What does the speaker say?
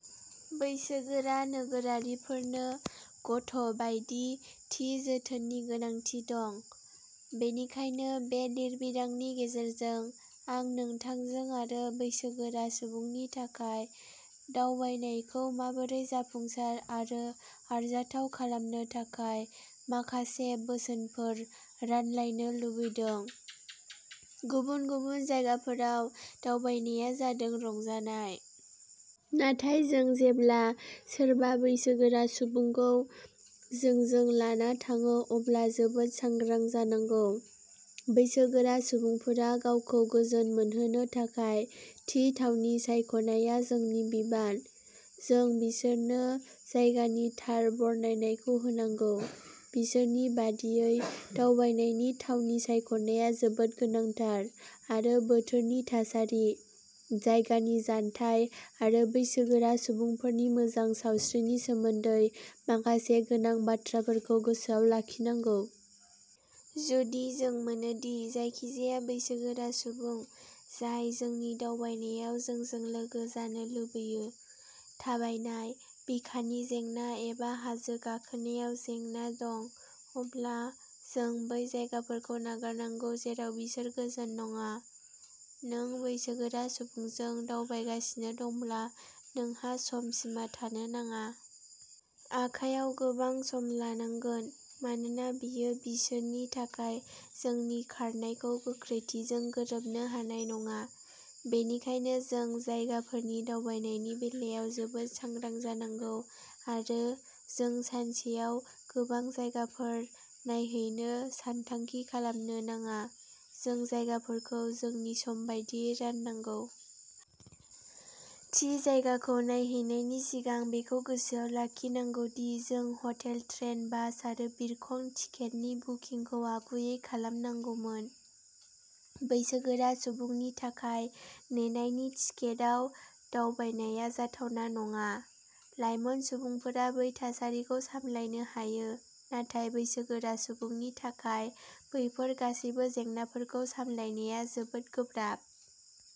बैसोगोरा नोगोरारिफोरनो गथ'बायदि थि जोथोननि गोनांथि दं। बेनिखायनो बे लिरबिदांनि गेजेरजों आं नोंथांजों आरो बैसोगोरा सुबुंनि थाखाय दावबायनायखौ माबोरै जाफुंसार आरो आरजाथाव खालामनो थाखाय माखासे बोसोनफोर रानलायनो लुबैदों। गुबुन गुबुन जायगाफोराव दावबायनाया जादों रंजानाय। नाथाय जों जेब्ला सोरबा बैसो गोरा सुबुंखौ जोंजों लाना थाङो अब्ला जोबोद सांग्रां जानांगौ। बैसो गोरा सुबुंफोरा गावखौ गोजोन मोनहोनो थाखाय थि थावनि सायख'नाया जोंनि बिबान। जों बिसोरनो जायगानि थार बरनायनायखौ होनांगौ। बिसोरनि बादियै दावबायनायनि थावनि सायख'नाया जोबोद गोनांथार आरो बोथोरनि थासारि, जायगानि जानथाय आरो बैसो गोरा सुबुंफोरनि मोजां सावस्रिनि सोमोन्दै माखासे गोनां बाथ्राफोरखौ गोसोआव लाखिनांगौ। जुदि जों मोनोदि जायखिजाया बैसो गोरा सुबुं जाय जोंनि दावबायनायाव जोंजों लोगो जानो लुबैयो, थाबायनाय, बिखानि जेंना एबा हाजो गाखोनायाव जेंना दं, अब्ला जों बै जायगाफोरखौ नागारनांगौ जेराव बिसोर गोजोन नङा। नों बैसो गोरा सुबुंजों दावबायगासिनो दंब्ला नोंहा सम सिमा थानो नाङा। आखायाव गोबां सम लानांगोन मानोना बेयो बिसोरनि थाखाय जोंनि खारनायनि गोख्रैथिजों गोरोबनो हानाय नङा। बेनिखायनो जों जायगाफोरनि दावबायनायनि बेलायाव जोबोद सांग्रा जानांगौ आरो जों सानसेआव गोबां जायगाफोर नायहैनो सानथांखि खालामनो नाङा। जों जायगाफोरखौ जोंनि सम बायदियै राननांगौ। थि जायगाखौ नायहैनायनि सिगां बेखौ गोसोआव लाखिनांगौ दि जों हटेल, ट्रेन, बास आरो बिरखं टिकेटनि बुकिंखौ आगुयै खालामनांगौमोन। बैसोगोरा सुबुंनि थाखाय नेनायनि टिकेटआव दावबायनाया जाथावना नङा। लाइमोन सुबुंफोरा बै थासारिखौ सामलायनो हायो नाथाय बैसोगोरा सुबुंनि थाखाय बैफोर गासैबो जेंनाफोरखौ सामलायनाया जोबोद गोब्राब।